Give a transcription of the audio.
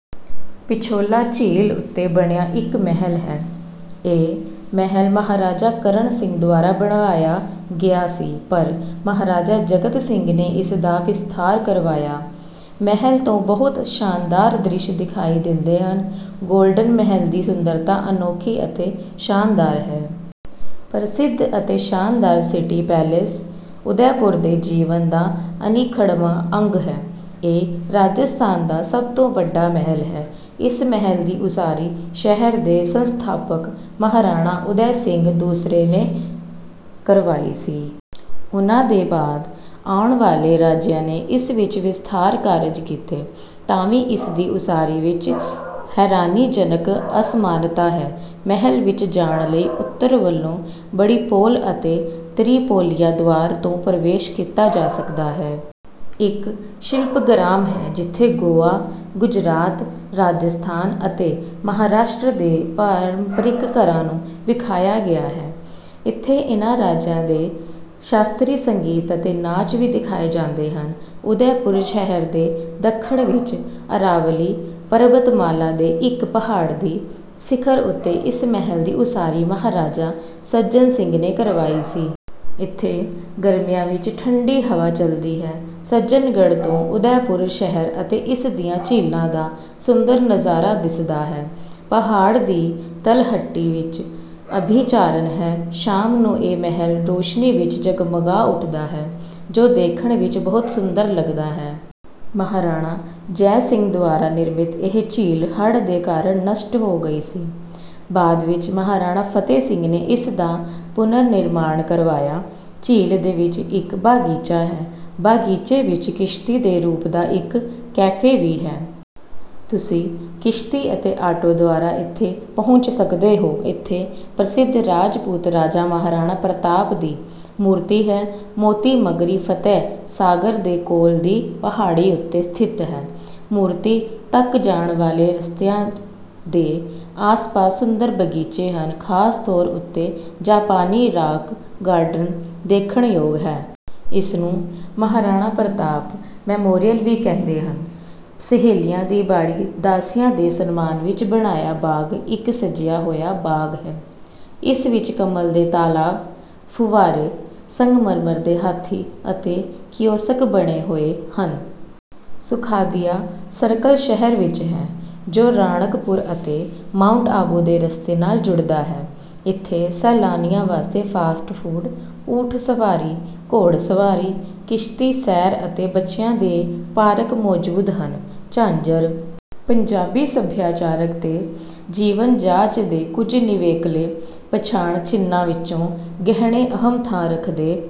ਪਿਛੋਲਾ ਝੀਲ ਉੱਤੇ ਬਣਿਆ ਇੱਕ ਮਹਿਲ ਹੈ। ਇਹ ਮਹਲ ਮਹਾਰਾਜਾ ਕਰਣ ਸਿੰਘ ਦੁਆਰਾ ਬਣਵਾਇਆ ਗਿਆ ਸੀ, ਪਰ ਮਹਾਰਾਜਾ ਜਗਤ ਸਿੰਘ ਨੇ ਇਸ ਦਾ ਵਿਸਥਾਰ ਕਰਵਾਇਆ। ਮਹਲ ਤੋਂ ਬਹੁਤ ਸ਼ਾਨਦਾਰ ਦ੍ਰਿਸ਼ ਵਿਖਾਈ ਦਿੰਦੇ ਹਨ, ਗੋਲਡਨ ਮਹਲ ਦੀ ਸੁੰਦਰਤਾ ਅਨੋਖੀ ਅਤੇ ਸ਼ਾਨਦਾਰ ਹੈ। ਪ੍ਰਸਿੱਧ ਅਤੇ ਸ਼ਾਨਦਾਰ ਸਿਟੀ ਪੈਲੇਸ ਉਦੈਪੁਰ ਦੇ ਜੀਵਨ ਦਾ ਅਨਿੱਖੜਵਾਂ ਅੰਗ ਹੈ। ਇਹ ਰਾਜਸਥਾਨ ਦਾ ਸਭ ਤੋਂ ਵੱਡਾ ਮਹਲ ਹੈ। ਇਸ ਮਹਲ ਦੀ ਉਸਾਰੀ ਸ਼ਹਿਰ ਦੇ ਸੰਸਥਾਪਕ ਮਹਾਰਾਣਾ ਉਦੈ ਸਿੰਘ ਦੂਸਰੇ ਨੇ ਕਰਵਾਈ ਸੀ। ਉਨ੍ਹਾਂ ਦੇ ਬਾਅਦ ਆਉਣ ਵਾਲੇ ਰਾਜਿਆਂ ਨੇ ਇਸ ਵਿੱਚ ਵਿਸਥਾਰ ਕਾਰਜ ਕੀਤੇ। ਤਾਂ ਵੀ ਇਸ ਦੇ ਉਸਾਰੀ ਵਿੱਚ ਹੈਰਾਨੀਜਨਕ ਅਸਮਾਨਤਾ ਹੈ। ਮਹਲ ਵਿੱਚ ਜਾਣ ਲਈ ਉੱਤਰ ਵੱਲੋਂ ਬੜੀਪੋਲ ਅਤੇ ਤਰਿਪੋਲਿਆ ਦੁਆਰ ਤੋਂ ਪ੍ਰਵੇਸ਼ ਕੀਤਾ ਜਾ ਸਕਦਾ ਹੈ। ਇੱਕ ਸ਼ਿਲਪਗ੍ਰਾਮ ਹੈ, ਜਿੱਥੇ ਗੋਆ, ਗੁਜਰਾਤ, ਰਾਜਸਥਾਨ ਅਤੇ ਮਹਾਰਾਸ਼ਟਰ ਦੇ ਪਾਰੰਪਰਿਕ ਘਰਾਂ ਨੂੰ ਵਿਖਾਇਆ ਗਿਆ ਹੈ। ਇੱਥੇ ਇਨ੍ਹਾਂ ਰਾਜਾਂ ਦੇ ਸ਼ਾਸਤਰੀ ਸੰਗੀਤ ਅਤੇ ਨਾਚ ਵੀ ਦਿਖਾਏ ਜਾਂਦੇ ਹਨ। ਉਦੈਪੁਰ ਸ਼ਹਿਰ ਦੇ ਦੱਖਣ ਵਿੱਚ ਅਰਾਵਲੀ ਪਰਬਤਮਾਲਾ ਦੇ ਇੱਕ ਪਹਾੜ ਦੀ ਸਿਖਰ ਉੱਤੇ ਇਸ ਮਹਲ ਦੀ ਉਸਾਰੀ ਮਹਾਰਾਜਾ ਸੱਜਨ ਸਿੰਘ ਨੇ ਕਰਵਾਈ ਸੀ। ਇੱਥੇ ਗਰਮੀਆਂ ਵਿੱਚ ਠੰਡੀ ਹਵਾ ਚੱਲਦੀ ਹੈ। ਸੱਜਨਗੜ੍ਹ ਤੋਂ ਉਦੈਪੁਰ ਸ਼ਹਿਰ ਅਤੇ ਇਸ ਦੀਆਂ ਝੀਲਾਂ ਦਾ ਸੁੰਦਰ ਨਜ਼ਾਰਾ ਦਿਸਦਾ ਹੈ। ਪਹਾੜ ਦੀ ਤਲਹਟੀ ਵਿੱਚ ਅਭਿਆਰਨ ਹੈ। ਸ਼ਾਮ ਨੂੰ ਇਹ ਮਹਿਲ ਰੋਸ਼ਨੀ ਵਿੱਚ ਜਗਮਗਾ ਉੱਠਦਾ ਹੈ, ਜੋ ਦੇਖਣ ਵਿੱਚ ਬਹੁਤ ਸੁੰਦਰ ਲਗਦਾ ਹੈ। ਮਹਾਰਾਣਾ ਜੈ ਸਿੰਘ ਦੁਆਰਾ ਨਿਰਮਿਤ ਇਹ ਝੀਲ ਹੜ੍ਹ ਦੇ ਕਾਰਨ ਨਸ਼ਟ ਹੋ ਗਈ ਸੀ, ਬਾਅਦ ਵਿੱਚ ਮਹਾਰਾਣਾ ਫਤੇਹ ਸਿੰਘ ਨੇ ਇਸ ਦਾ ਪੁਨਰਨਿਰਮਾਣ ਕਰਵਾਇਆ। ਝੀਲ ਦੇ ਵਿੱਚ ਇੱਕ ਬਾਗੀਚਾ ਹੈ। ਬਾਗੀਚੇ ਵਿੱਚ ਕਿਸ਼ਤੀ ਦੇ ਰੂਪ ਦਾ ਇੱਕ ਕੈਫੇ ਵੀ ਹੈ। ਤੁਸੀਂ ਕਿਸ਼ਤੀ ਅਤੇ ਆਟੋ ਦੁਆਰਾ ਇੱਥੇ ਪਹੁੰਚ ਸਕਦੇ ਹੋ। ਇੱਥੇ ਪ੍ਰਸਿੱਧ ਰਾਜਪੂਤ ਰਾਜਾ ਮਹਾਰਾਣਾ ਪ੍ਰਤਾਪ ਦੀ ਮੂਰਤੀ ਹੈ। ਮੋਤੀ ਮਗਰੀ ਫਤੇਹਸਾਗਰ ਦੇ ਕੋਲ ਦੀ ਪਹਾੜੀ ਉੱਤੇ ਸਥਿਤ ਹੈ। ਮੂਰਤੀ ਤੱਕ ਜਾਣ ਵਾਲੇ ਰਸਤਿਆਂ ਦੇ ਆਸਪਾਸ ਸੁੰਦਰ ਬਗੀਚੇ ਹਨ, ਖਾਸ ਤੌਰ ਉੱਤੇ ਜਾਪਾਨੀ ਰਾਕ ਗਾਰਡਨ ਦੇਖਣਯੋਗ ਹੈ। ਇਸਨੂੰ ਮਹਾਰਾਣਾ ਪ੍ਰਤਾਪ ਮੈਮੋਰੀਅਲ ਵੀ ਕਹਿੰਦੇ ਹਨ। ਸਹੇਲੀਆਂ ਦੀ ਬਾੜੀ ਦਾਸੀਆਂ ਦੇ ਸਨਮਾਨ ਵਿੱਚ ਬਣਾਇਆ ਬਾਗ ਇੱਕ ਸਜਿਆ ਹੋਇਆ ਬਾਗ ਹੈ। ਇਸ ਵਿੱਚ ਕਮਲ ਦੇ ਤਾਲਾਬ, ਫੁੱਵਾਰੇ, ਸੰਗਮਰਮਰ ਦੇ ਹਾਥੀ ਅਤੇ ਕਿਓਸਕ ਬਣੇ ਹੋਏ ਹਨ। ਸੁਖਾਦੀਆ ਸਰਕਲ ਸ਼ਹਿਰ ਵਿੱਚ ਹੈ, ਜੋ ਰਾਣਕਪੁਰ ਅਤੇ ਮਾਉਂਟ ਆਬੂ ਦੇ ਰਸਤੇ ਨਾਲ ਜੁੜਦਾ ਹੈ। ਇੱਥੇ ਸੈਲਾਨੀਆਂ ਵਾਸਤੇ ਫਾਸਟ ਫੂਡ, ਊਠ ਸਵਾਰੀ, ਘੋੜ ਸਵਾਰੀ, ਕਿਸ਼ਤੀ ਸੈਰ ਅਤੇ ਬੱਚਿਆਂ ਦੇ ਪਾਰਕ ਮੌਜੂਦ ਹਨ। ਝਾਂਜਰ ਪੰਜਾਬੀ ਸੱਭਿਆਚਾਰ ਤੇ ਜੀਵਨ ਜਾਚ ਦੇ ਕੁਝ ਨਿਵੇਕਲੇ ਪਛਾਣ ਚਿੰਨ੍ਹਾਂ ਵਿੱਚੋਂ ਗਹਿਣੇ ਅਹਿਮ ਥਾਂ ਰੱਖਦੇ